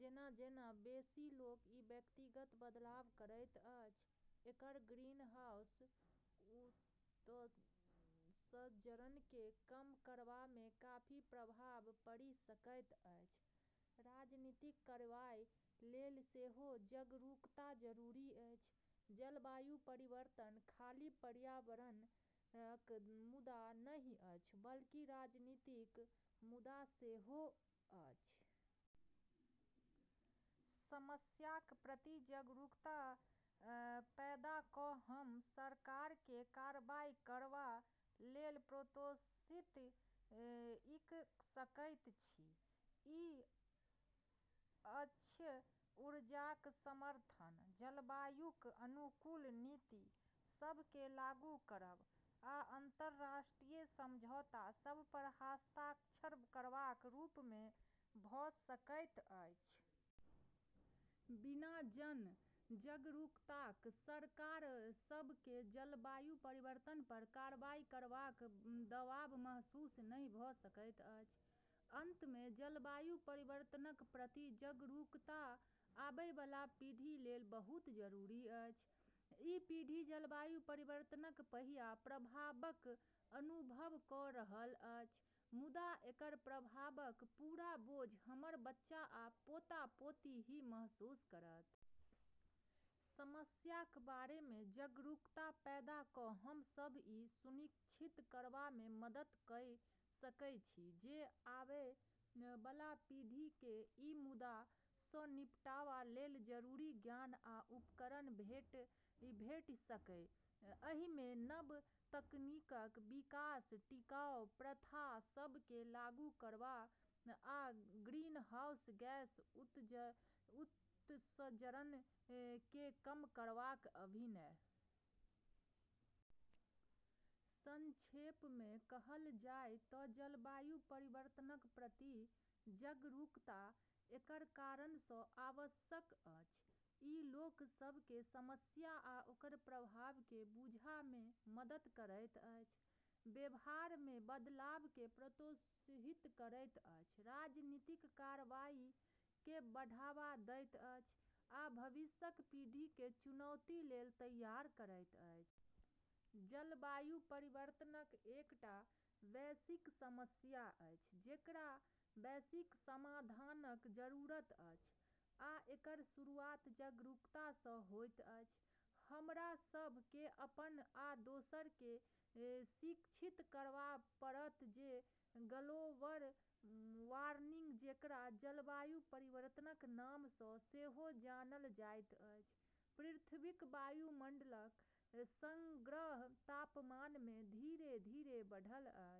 जेना-जेना बेसी लोक ई व्यक्तिगत बदलाव करैत अछि, एकर ग्रीनहाउस गैस उत्सर्जन केँ कम करबामे काफी प्रभाव पड़ि सकैत अछि। राजनीतिक कार्रवाई लेल सेहो जागरूकता जरूरी अछि। जलवायु परिवर्तन खाली पर्यावरणक मुद्दा नहि अछि बल्कि राजनीतिक मुद्दा सेहो अछि। समस्याक प्रति जागरूकता पैदा कऽ हम सरकारकेँ कार्रवाई करबा लेल प्रोत्साहित कइ सकैत छी। ई अक्षय ऊर्जाक समर्थन, जलवायुक अनुकूल नीति सभ केँ लागू करब, आ अंतर्राष्ट्रीय समझौता सभ पर हस्ताक्षर करबाक रूपमे भऽ सकैत अछि। बिना जन-जागरूकताक सरकार सभ केँ जलवायु परिवर्तन पर कार्रवाई करबाक दबाव महसूस नहि भऽ सकैत अछि। अंतमे, जलवायु परिवर्तनक प्रति जागरूकता आबए बला पीढ़ी लेल बहुत जरूरी अछि। ई पीढ़ी जलवायु परिवर्तनक पहिल प्रभावक अनुभव कऽ रहल अछि, मुदा एकर प्रभावक पूरा बोझ हमर बच्चा आ पोता-पोती ही महसूस करत। समस्याक बारेमे जागरूकता पैदा कऽ हम सभ ई सुनिश्चित करबामे मदद कइ सकैत छी जे आबए बला पीढ़ी केँ ई मुद्दा सँ निपटबा लेल जरूरी ज्ञान आ उपकरण भेटि सकए। एहिमे नव तकनीकक विकास, टिकाऊ प्रथा सभ केँ लागू करब, आ ग्रीनहाउस गैस उत्सर्जन केँ कम करबाक अभिनव तरीका खोजनाइ शामिल अछि। संक्षेपमे कहल जाए तँ जलवायु परिवर्तनक प्रति जागरूकता कएक कारण सँ आवश्यक अछि। ई लोक सभ केँ समस्या आ ओकर प्रभाव केँ बुझबामे मदद करैत अछि, व्यवहारमे बदलाव केँ प्रोत्साहित करैत अछि, राजनीतिक कार्रवाई केँ बढ़ावा दैत अछि, आ भविष्यक पीढ़ी केँ चुनौती लेल तैयार करैत अछि। जलवायु परिवर्तन एकटा वैश्विक समस्या अछि जेकर वैश्विक समाधानक जरूरत अछि, आ एकर शुरुआत जागरूकता सँ होइत अछि। हमरा सभ केँ अपन आ दोसरा केँ शिक्षित करब पड़त जे ग्लोबल वार्मिंग, जेकरा जलवायु परिवर्तनक नाम सँ सेहो जानल जाइत अछि, पृथ्वीक वायुमंडलक समग्र तापमानमे धीरे-धीरे बढ़ब अछि।